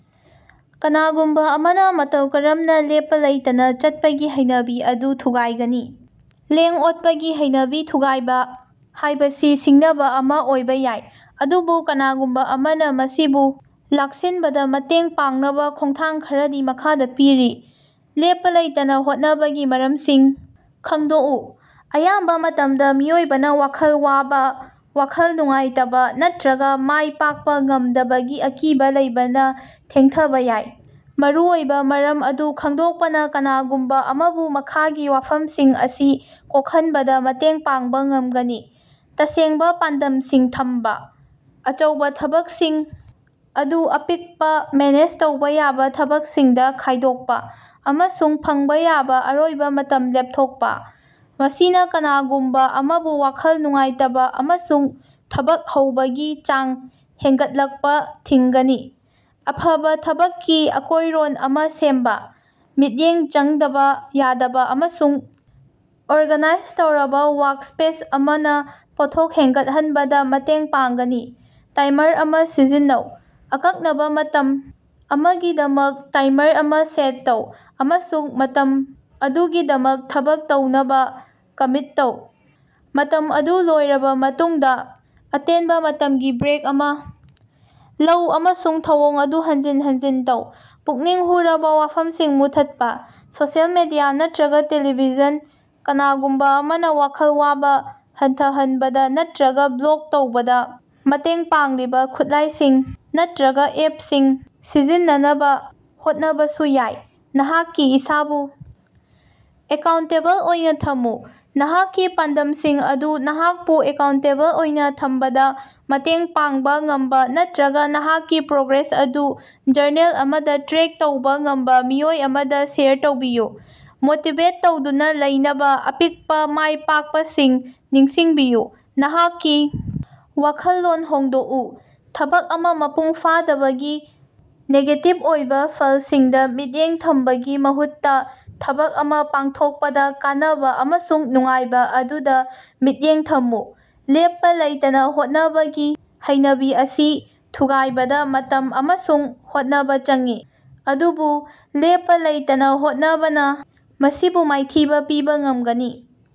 ꯀꯅꯥꯒꯨꯝꯕꯥ ꯑꯃꯅꯥ ꯃꯇꯧ ꯀꯔꯝꯅꯥ ꯂꯦꯞꯄ ꯂꯩꯇꯅ ꯆꯠꯄꯒꯤ ꯍꯩꯅꯕꯤ ꯑꯗꯨ ꯊꯨꯒꯥꯏꯒꯅꯤ? ꯂꯦꯡ-ꯑꯣꯠꯄꯒꯤ ꯍꯩꯅꯕꯤ ꯊꯨꯒꯥꯏꯕ ꯍꯥꯏꯕꯁꯤ ꯁꯤꯡꯅꯕ ꯑꯃꯥ ꯑꯣꯏꯕ ꯌꯥꯏ, ꯑꯗꯨꯕꯨ ꯀꯅꯥꯒꯨꯝꯕ ꯑꯃꯅꯥ ꯃꯁꯤꯕꯨ ꯂꯥꯛꯁꯤꯟꯕꯗ ꯃꯇꯦꯡ ꯄꯥꯡꯅꯕ ꯈꯣꯡꯊꯥꯡ ꯈꯔꯗꯤ ꯃꯈꯥꯗꯥ ꯄꯤꯔꯤ: ꯂꯦꯞꯄꯥ ꯂꯩꯇꯅ ꯍꯣꯠꯅꯕꯒꯤ ꯃꯔꯝꯁꯤꯡ ꯈꯟꯗꯣꯛꯎ: ꯑꯌꯥꯝꯕ ꯃꯇꯝꯗ ꯃꯤꯑꯣꯏꯕꯅ ꯋꯥꯈꯜ ꯋꯥꯕ, ꯋꯥꯈꯜ ꯅꯨꯡꯉꯥꯏꯇꯕ ꯅꯠꯇꯔꯒ ꯃꯥꯏꯄꯥꯛꯄ ꯉꯝꯗꯕꯒꯤ ꯑꯀꯤꯕ ꯂꯩꯕꯅ ꯊꯦꯡꯊꯕꯥ ꯌꯥꯏ꯫ ꯃꯔꯨꯑꯣꯏꯕ ꯃꯔꯝ ꯑꯗꯨ ꯈꯪꯗꯣꯛꯄꯅꯥ ꯀꯅꯥꯒꯨꯝꯕ ꯑꯃꯕꯨ ꯃꯈꯥꯒꯤ ꯋꯥꯐꯝꯁꯤꯡ ꯑꯁꯤ ꯀꯣꯛꯍꯟꯕꯗ ꯃꯇꯦꯡ ꯄꯥꯡꯕ ꯉꯝꯒꯅꯤ꯫ ꯇꯁꯦꯡꯕꯥ ꯄꯥꯟꯗꯝꯁꯤꯡ ꯊꯝꯕ: ꯑꯆꯧꯕ ꯊꯕꯛꯁꯤꯡ ꯑꯗꯨ ꯑꯄꯤꯛꯄ, ꯃꯦꯅꯦꯖ ꯇꯧꯕ ꯌꯥꯕꯥ ꯊꯕꯛꯁꯤꯡꯗ ꯈꯥꯏꯗꯣꯛꯄꯥ ꯑꯃꯁꯨꯡ ꯐꯪꯕ ꯌꯥꯕ ꯑꯔꯣꯏꯕ ꯃꯇꯝ ꯂꯦꯞꯊꯣꯛꯄꯥ꯫ ꯃꯁꯤꯅ ꯀꯅꯥꯒꯨꯝꯕ ꯑꯃꯕꯨ ꯋꯥꯈꯜ ꯅꯨꯡꯉꯥꯏꯇꯕ ꯑꯃꯁꯨꯡ ꯊꯕꯛ ꯍꯧꯕꯒꯤ ꯆꯥꯡ ꯍꯦꯟꯒꯠꯂꯛꯄꯥ ꯊꯤꯡꯒꯅꯤ꯫ ꯑꯐꯕꯥ ꯊꯕꯛꯀꯤ ꯑꯀꯣꯏꯔꯣꯟ ꯑꯃꯥ ꯁꯦꯝꯕ: ꯃꯤꯠꯌꯦꯡ ꯆꯪꯗꯕ ꯌꯥꯗꯕ ꯑꯃꯁꯨꯡ ꯑꯣꯔꯒꯥꯅꯥꯏꯖ ꯇꯧꯔꯕ ꯋꯥꯔꯛꯁ꯭ꯄꯦꯁ ꯑꯃꯅ ꯄꯣꯠꯊꯣꯛ ꯍꯦꯟꯒꯠꯍꯟꯕꯗꯥ ꯃꯇꯦꯡ ꯄꯥꯡꯒꯅꯤ꯫ ꯇꯥꯏꯃꯔ ꯑꯃꯥ ꯁꯤꯖꯤꯟꯅꯧ: ꯑꯀꯛꯅꯕꯥ ꯃꯇꯝ ꯑꯃꯒꯤꯗꯃꯛ ꯇꯥꯏꯃꯔ ꯑꯃꯥ ꯁꯦꯠ ꯇꯧ ꯑꯃꯁꯨꯡ ꯃꯇꯝ ꯑꯗꯨꯒꯤꯗꯃꯛ ꯊꯕꯛ ꯇꯧꯅꯕꯥ ꯀꯃꯤꯠ ꯇꯧ꯫ ꯃꯇꯝ ꯑꯗꯨ ꯂꯣꯏꯔꯕ ꯃꯇꯨꯡꯗ, ꯑꯇꯦꯟꯕ ꯃꯇꯝꯒꯤ ꯕ꯭ꯔꯦꯛ ꯑꯃꯥ ꯂꯧ ꯑꯃꯁꯨꯡ ꯊꯧꯑꯣꯡ ꯑꯗꯨ ꯍꯟꯖꯤꯟ ꯍꯟꯖꯤꯟ ꯇꯧ꯫ ꯄꯨꯛꯅꯤꯡ ꯍꯨꯔꯕ ꯋꯥꯐꯝꯁꯤꯡ ꯃꯨꯠꯊꯠꯄꯥ: ꯁꯣꯁꯤꯌꯦꯜ ꯃꯤꯗꯤꯌꯥ ꯅꯠꯇꯔꯒ ꯇ‌ꯦꯂꯤꯚꯤꯖꯟ ꯀꯅꯥꯒꯨꯝꯕ ꯑꯃꯅ ꯋꯥꯈꯜ ꯋꯥꯕ ꯍꯟꯊꯍꯟꯕꯗ ꯅꯠꯇꯔꯒ ꯕ꯭ꯂꯣꯛ ꯇꯧꯕꯗ ꯃꯇꯦꯡ ꯄꯥꯡꯂꯤꯕ ꯈꯨꯠꯂꯥꯏꯁꯤꯡ ꯅꯠꯇꯔꯒ ꯑꯦꯞꯁꯤꯡ ꯁꯤꯖꯤꯟꯅꯅꯕ ꯍꯣꯠꯅꯕꯁꯨ ꯌꯥꯏ꯫ ꯅꯍꯥꯛꯀꯤ ꯏꯁꯥꯕꯨ ꯑꯦꯀꯥꯎꯟꯇꯦꯕꯜ ꯑꯣꯏꯅ ꯊꯝꯃꯨ: ꯅꯍꯥꯛꯀꯤ ꯄꯥꯟꯗꯝꯁꯤꯡ ꯑꯗꯨ ꯅꯍꯥꯛꯄꯨ ꯑꯦꯀꯥꯎꯟꯇꯦꯕꯜ ꯑꯣꯏꯅ ꯊꯝꯕꯗꯥ ꯃꯇꯦꯡ ꯄꯥꯡꯕ ꯉꯝꯕꯥ ꯅꯠꯇꯔꯒ ꯅꯍꯥꯛꯀꯤ ꯄ꯭ꯔꯣꯒ꯭ꯔꯦꯁ ꯑꯗꯨ ꯖꯔꯅꯦꯜ ꯑꯃꯗꯥ ꯇ꯭ꯔꯦꯛ ꯇꯧꯕꯥ ꯉꯝꯕ ꯃꯤꯑꯣꯏ ꯑꯃꯗ ꯁꯦꯌꯔ ꯇꯧꯕꯤꯌꯨ꯫ ꯃꯣꯇꯤꯕꯦꯠ ꯇꯧꯗꯨꯅ ꯂꯩꯅꯕ ꯑꯄꯤꯛꯄ ꯃꯥꯏꯄꯥꯛꯄꯁꯤꯡ ꯅꯤꯡꯁꯤꯡꯕꯤꯌꯨ꯫ ꯅꯍꯥꯛꯀꯤ ꯋꯥꯈꯜꯂꯣꯟ ꯍꯣꯡꯗꯣꯛꯎ: ꯊꯕꯛ ꯑꯃꯥ ꯃꯄꯨꯡ ꯐꯥꯗꯕꯒꯤ ꯅꯦꯒꯦꯇꯤꯚ ꯑꯣꯏꯕ ꯐꯜꯁꯤꯡꯗ ꯃꯤꯠꯌꯦꯡ ꯊꯝꯕꯒꯤ ꯃꯍꯨꯠꯇ, ꯊꯕꯛ ꯑꯃꯥ ꯄꯥꯡꯊꯣꯛꯄꯗ ꯀꯥꯟꯅꯕ ꯑꯃꯁꯨꯡ ꯅꯨꯡꯉꯥꯏꯕ ꯑꯗꯨꯗ ꯃꯤꯠꯌꯦꯡ ꯊꯝꯃꯨ꯫ ꯂꯦꯞꯄ ꯂꯩꯇꯅꯥ ꯍꯣꯠꯅꯕꯒꯤ ꯍꯩꯅꯕꯤ ꯑꯁꯤ ꯊꯨꯒꯥꯏꯕꯗ ꯃꯇꯝ ꯑꯃꯁꯨꯡ ꯍꯣꯠꯅꯕꯥ ꯆꯪꯏ, ꯑꯗꯨꯕꯨ ꯂꯦꯞꯄꯥ ꯂꯩꯇꯅꯥ ꯍꯣꯠꯅꯕꯅ ꯃꯁꯤꯕꯨ ꯃꯥꯏꯊꯤꯕꯥ ꯄꯤꯕꯥ ꯉꯝꯒꯅꯤ꯫